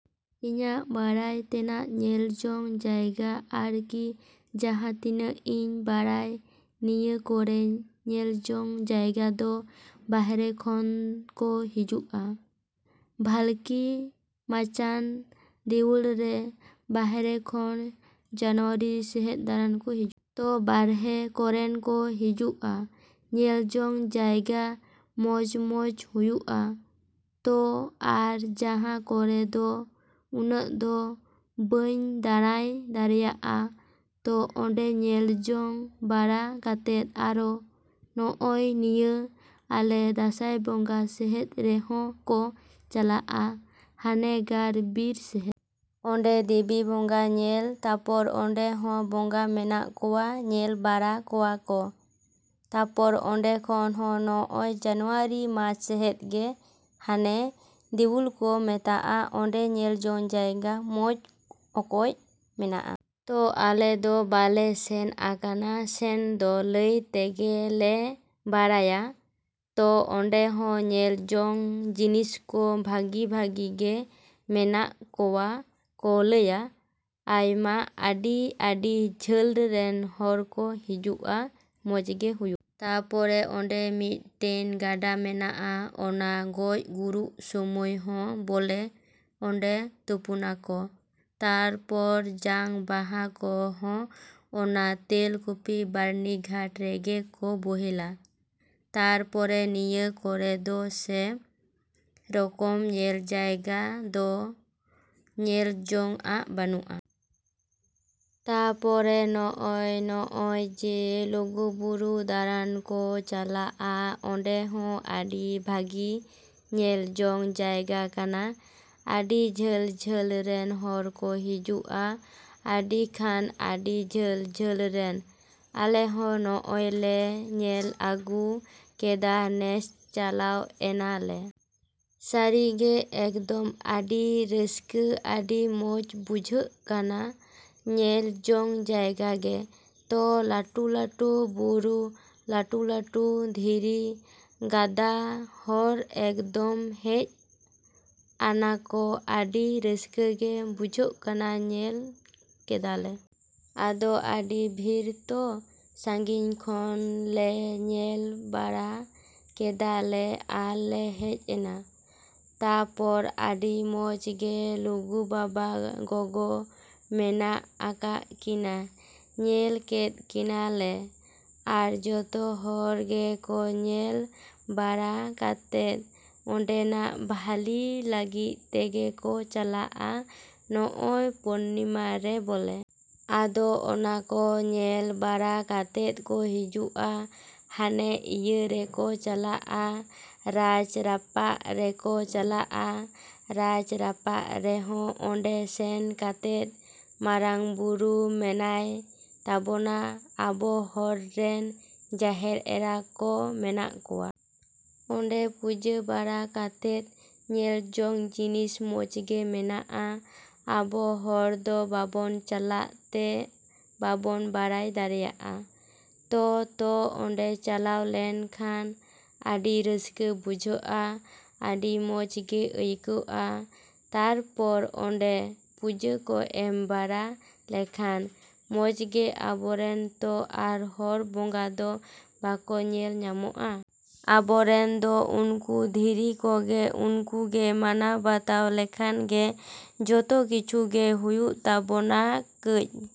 ᱤᱧᱟᱹᱜ ᱵᱟᱲᱟᱭ ᱛᱮᱱᱟᱜ ᱧᱮᱞ ᱡᱚᱝ ᱡᱟᱭᱜᱟ ᱟᱨ ᱠᱤ ᱡᱟᱦᱟᱸ ᱛᱤᱱᱟᱹᱜ ᱤᱧ ᱵᱟᱲᱟᱭ ᱱᱤᱭᱟᱹ ᱠᱚᱨᱮ ᱧᱮᱞ ᱡᱚᱝ ᱡᱟᱭᱜᱟ ᱫᱚ ᱵᱟᱨᱦᱮ ᱠᱷᱚᱱ ᱠᱚ ᱦᱤᱡᱩᱜᱼᱟ᱾ ᱵᱷᱟᱹᱞᱠᱤ ᱢᱟᱪᱟᱱ ᱫᱮᱣᱩᱞ ᱨᱮ ᱵᱟᱨᱦᱮ ᱠᱷᱚᱱ ᱡᱟᱱᱩᱣᱟᱨᱤ ᱥᱮᱫ ᱫᱟᱬᱟᱱ ᱠᱚ ᱦᱤᱡᱩᱜᱼᱟ᱾ ᱛᱚ ᱵᱟᱨᱦᱮ ᱠᱚᱨᱮᱱ ᱠᱚ ᱦᱤᱡᱩᱜᱼᱟ ᱧᱮᱞ ᱡᱚᱝ ᱡᱟᱭᱜᱟ ᱢᱚᱡᱽᱼᱢᱚᱡᱽ ᱦᱩᱭᱩᱜᱼᱟ᱾ ᱛᱚ ᱟᱨ ᱡᱟᱦᱟᱸ ᱠᱚᱨᱮ ᱫᱚ ᱩᱱᱟᱹᱜ ᱫᱚ ᱵᱟᱹᱧ ᱵᱟᱲᱟᱭ ᱫᱟᱲᱮᱭᱟᱜᱼᱟ᱾ ᱛᱚ ᱚᱸᱰᱮ ᱧᱮᱞ ᱡᱚᱝ ᱵᱟᱲᱟ ᱠᱟᱛᱮᱫ ᱟᱨᱚ ᱱᱚᱜᱼᱚᱭ ᱱᱤᱭᱟᱹ ᱟᱞᱮ ᱫᱟᱸᱥᱟᱭ ᱵᱚᱸᱜᱟ ᱥᱮᱫ ᱨᱮᱦᱚᱸ ᱠᱚ ᱪᱟᱞᱟᱜᱼᱟ ᱦᱟᱱᱮ ᱜᱟᱲ ᱵᱤᱨ ᱥᱮᱫ᱾ ᱚᱸᱰᱮ ᱫᱤᱵᱤ ᱵᱚᱸᱜᱟ ᱧᱮᱞ ᱛᱟᱯᱚᱨ ᱚᱸᱰᱮ ᱦᱚᱸ ᱵᱚᱸᱜᱟ ᱢᱮᱱᱟᱜ ᱠᱚᱣᱟ ᱧᱮᱞ ᱵᱟᱲᱟ ᱠᱚᱣᱟ ᱠᱚ᱾ ᱛᱟᱯᱚᱨ ᱚᱸᱰᱮ ᱠᱷᱚᱱ ᱦᱚᱸ ᱱᱚᱜᱼᱚᱭ ᱡᱟᱱᱩᱣᱟᱨᱤ ᱢᱟᱥ ᱥᱮᱫ ᱜᱮ ᱦᱟᱱᱮ ᱫᱮᱣᱩᱞ ᱠᱚ ᱢᱮᱛᱟᱜᱼᱟ ᱚᱸᱰᱮ ᱧᱮᱞ ᱡᱚᱝ ᱡᱟᱭᱜᱟ ᱢᱚᱡᱽ ᱚᱠᱚᱡ ᱢᱮᱱᱟᱜᱼᱟ᱾ ᱛᱚ ᱟᱞᱮ ᱫᱚ ᱵᱟᱞᱮ ᱥᱮᱱ ᱟᱠᱟᱱᱟ ᱥᱮᱱ ᱫᱚ ᱞᱟᱹᱭ ᱛᱮᱜᱮ ᱞᱮ ᱵᱟᱲᱟᱭᱟ᱾ ᱛᱚ ᱚᱸᱰᱮ ᱦᱚᱸ ᱧᱮᱞ ᱡᱚᱝ ᱡᱤᱱᱤᱥ ᱠᱚ ᱵᱷᱟᱹᱜᱤ ᱵᱷᱟᱹᱜᱤ ᱜᱮ ᱢᱮᱱᱟᱜ ᱠᱚᱣᱟ ᱠᱚ ᱞᱟᱹᱭᱟ᱾ ᱟᱭᱢᱟ ᱟᱹᱰᱤ ᱟᱹᱰᱤ ᱡᱷᱟᱹᱞ ᱨᱮᱱ ᱦᱚᱲ ᱠᱚ ᱦᱤᱡᱩᱜᱼᱟ ᱢᱚᱡᱽ ᱜᱮ ᱦᱩᱭᱩᱜᱼᱟ᱾ ᱛᱟᱯᱚᱨᱮ ᱚᱸᱰᱮ ᱢᱤᱫᱴᱮᱱ ᱜᱟᱰᱟ ᱢᱮᱱᱟᱜᱼᱟ ᱚᱱᱟ ᱜᱚᱡ ᱜᱩᱨᱩᱜ ᱥᱚᱢᱚᱭ ᱦᱚᱸ ᱵᱚᱞᱮ ᱚᱸᱰᱮ ᱛᱩᱯᱩᱱᱟᱠᱚ ᱛᱟᱯᱚᱨ ᱡᱟᱝ ᱵᱟᱦᱟ ᱠᱚᱦᱚᱸ ᱚᱱᱟ ᱛᱮᱞ ᱠᱩᱯᱤ ᱵᱟᱹᱨᱱᱤ ᱜᱷᱟᱴ ᱨᱮᱜᱮ ᱠᱚ ᱵᱚᱦᱮᱞᱟ᱾ ᱛᱟᱨᱯᱚᱨᱮ ᱱᱤᱭᱟᱹ ᱠᱚᱨᱮ ᱫᱚ ᱥᱮ ᱨᱚᱠᱚᱢ ᱧᱮᱞ ᱡᱟᱭᱜᱟ ᱫᱚ ᱧᱮᱞ ᱡᱚᱝᱼᱟᱜ ᱵᱟᱹᱱᱩᱜᱼᱟ᱾ ᱛᱟᱯᱚᱨᱮ ᱱᱚᱜᱼᱚᱭ ᱱᱚᱜᱼᱚᱭ ᱡᱮ ᱞᱩᱜᱩ ᱵᱩᱨᱩ ᱫᱟᱲᱟᱱ ᱠᱚ ᱪᱟᱞᱟᱜᱼᱟ ᱚᱸᱰᱮ ᱦᱚᱸ ᱟᱹᱰᱤ ᱵᱷᱟᱹᱜᱤ ᱧᱮᱞ ᱡᱚᱝ ᱡᱟᱭᱜᱟ ᱠᱟᱱᱟ᱾ ᱟᱹᱰᱤ ᱡᱷᱟᱹᱞ ᱡᱷᱟᱹᱞ ᱨᱮᱱ ᱦᱚᱲ ᱠᱚ ᱦᱤᱡᱩᱜᱼᱟ ᱟᱹᱰᱤ ᱠᱷᱟᱱ ᱟᱹᱰᱤ ᱡᱷᱟᱹᱞ ᱡᱷᱟᱹᱞ ᱨᱮᱱ᱾ ᱟᱞᱮ ᱦᱚᱸ ᱱᱚᱜᱼᱚᱭ ᱞᱮ ᱧᱮᱞ ᱟᱹᱜᱩ ᱠᱮᱫᱟ ᱱᱮᱥ ᱪᱟᱞᱟᱣ ᱮᱱᱟ ᱞᱮ᱾ ᱥᱟᱹᱨᱤ ᱜᱮ ᱮᱠᱫᱚᱢ ᱟᱹᱰᱤ ᱨᱟᱹᱥᱠᱟᱹ ᱟᱹᱰᱤ ᱢᱚᱡᱽ ᱵᱩᱡᱷᱟᱹᱜ ᱠᱟᱱᱟ ᱧᱮᱞ ᱡᱚᱝ ᱡᱟᱭᱜᱟ ᱜᱮ᱾ ᱛᱚ ᱞᱟᱹᱴᱩ ᱞᱟᱹᱴᱩ ᱵᱩᱨᱩ ᱞᱟᱹᱴᱩ ᱞᱟᱹᱴᱩ ᱫᱷᱤᱨᱤ ᱜᱟᱫᱟ ᱦᱚᱲ ᱮᱠᱫᱚᱢ ᱦᱮᱡ ᱟᱱᱟᱠᱚ ᱟᱹᱰᱤ ᱨᱟᱹᱥᱠᱟᱹ ᱜᱮ ᱵᱩᱡᱷᱟᱹᱜ ᱠᱟᱱᱟ ᱧᱮᱞ ᱠᱮᱫᱟ ᱞᱮ᱾ ᱟᱫᱚ ᱟᱹᱰᱤ ᱵᱷᱤᱲ ᱛᱚ ᱥᱟᱺᱜᱤᱧ ᱠᱷᱚᱱ ᱞᱮ ᱧᱮᱞ ᱵᱟᱲᱟ ᱠᱮᱫᱟ ᱞᱮ ᱟᱨ ᱞᱮ ᱦᱮᱡ ᱮᱱᱟ᱾ ᱛᱟᱯᱚᱨᱮ ᱟᱹᱰᱤ ᱢᱚᱡᱽ ᱜᱮ ᱞᱩᱜᱩ ᱵᱟᱵᱟ ᱜᱚᱜᱚ ᱢᱮᱱᱟᱜ ᱟᱠᱟᱜ ᱠᱤᱱᱟᱹ ᱧᱮᱞ ᱠᱮᱫ ᱠᱤᱱᱟᱹ ᱞᱮ᱾ ᱟᱨ ᱡᱚᱛᱚ ᱦᱚᱲ ᱜᱮᱠᱚ ᱧᱮᱞ ᱵᱟᱲᱟ ᱠᱟᱛᱮᱫ ᱚᱸᱰᱮᱱᱟᱜ ᱵᱷᱟᱹᱞᱤ ᱞᱟᱹᱜᱤᱫ ᱛᱮᱜᱮ ᱠᱚ ᱪᱟᱞᱟᱜᱼᱟ ᱱᱚᱜᱼᱚᱭ ᱯᱩᱨᱱᱤᱢᱟ ᱨᱮ ᱵᱚᱞᱮ᱾ ᱟᱫᱚ ᱚᱱᱟ ᱠᱚ ᱧᱮᱞ ᱵᱟᱲᱟ ᱠᱟᱛᱮᱫ ᱠᱚ ᱦᱤᱡᱩᱜᱼᱟ ᱦᱟᱱᱮ ᱤᱭᱟᱹ ᱨᱮᱠᱚ ᱪᱟᱞᱟᱜᱼᱟ ᱨᱟᱡᱽ ᱨᱟᱯᱟᱜ ᱨᱮᱠᱚ ᱪᱟᱞᱟᱜᱼᱟ᱾ ᱨᱟᱡᱽ ᱨᱟᱯᱟᱜ ᱨᱮᱦᱚᱸ ᱚᱸᱰᱮ ᱥᱮᱱ ᱠᱟᱛᱮᱫ ᱢᱟᱨᱟᱝ ᱵᱩᱨᱩ ᱢᱮᱱᱟᱭ ᱛᱟᱵᱚᱱᱟ ᱟᱵᱚ ᱦᱚᱲ ᱨᱮᱱ ᱡᱟᱦᱮᱨ ᱮᱨᱟ ᱠᱚ ᱢᱮᱱᱟᱜ ᱠᱚᱣᱟ᱾ ᱚᱸᱰᱮ ᱯᱩᱡᱟᱹ ᱵᱟᱲᱟ ᱠᱟᱛᱮᱫ ᱧᱮᱞ ᱡᱚᱝ ᱡᱤᱱᱤᱥ ᱢᱚᱡᱽ ᱜᱮ ᱢᱮᱱᱟᱜᱼᱟ᱾ ᱟᱵᱚ ᱦᱚᱲ ᱫᱚ ᱵᱟᱵᱚᱱ ᱪᱟᱞᱟᱜ ᱛᱮ ᱵᱟᱵᱚᱱ ᱵᱟᱲᱟᱭ ᱫᱟᱲᱮᱭᱟᱜᱼᱟ᱾ ᱛᱚ ᱛᱚ ᱚᱸᱰᱮ ᱪᱟᱞᱟᱣ ᱞᱮᱱ ᱠᱷᱟᱱ ᱟᱹᱰᱤ ᱨᱟᱹᱥᱠᱟᱹ ᱵᱩᱡᱷᱟᱹᱜᱼᱟ ᱟᱹᱰᱤ ᱢᱚᱡᱽ ᱜᱮ ᱟᱹᱭᱠᱟᱹᱣᱜᱼᱟ᱾ ᱛᱟᱯᱚᱨᱮ ᱚᱸᱰᱮ ᱯᱩᱡᱟᱹ ᱠᱚ ᱮᱢ ᱵᱟᱲᱟ ᱞᱮᱠᱷᱟᱱ ᱢᱚᱡᱽ ᱜᱮ ᱟᱵᱚᱨᱮᱱ ᱛᱚ ᱟᱨ ᱦᱚᱲ ᱵᱚᱸᱜᱟ ᱫᱚ ᱵᱟᱠᱚ ᱧᱮᱞ ᱧᱟᱢᱚᱜᱼᱟ᱾ ᱟᱵᱚᱨᱮᱱ ᱫᱚ ᱩᱱᱠᱩ ᱫᱷᱤᱨᱤ ᱠᱚᱜᱮ ᱩᱱᱠᱩ ᱜᱮ ᱢᱟᱱᱟᱣ ᱵᱟᱛᱟᱣ ᱞᱮᱠᱷᱟᱱ ᱜᱮ ᱡᱚᱛᱚ ᱠᱤᱪᱷᱩ ᱜᱮ ᱦᱩᱭᱩᱜ ᱛᱟᱵᱚᱱᱟ ᱠᱟᱡᱽ᱾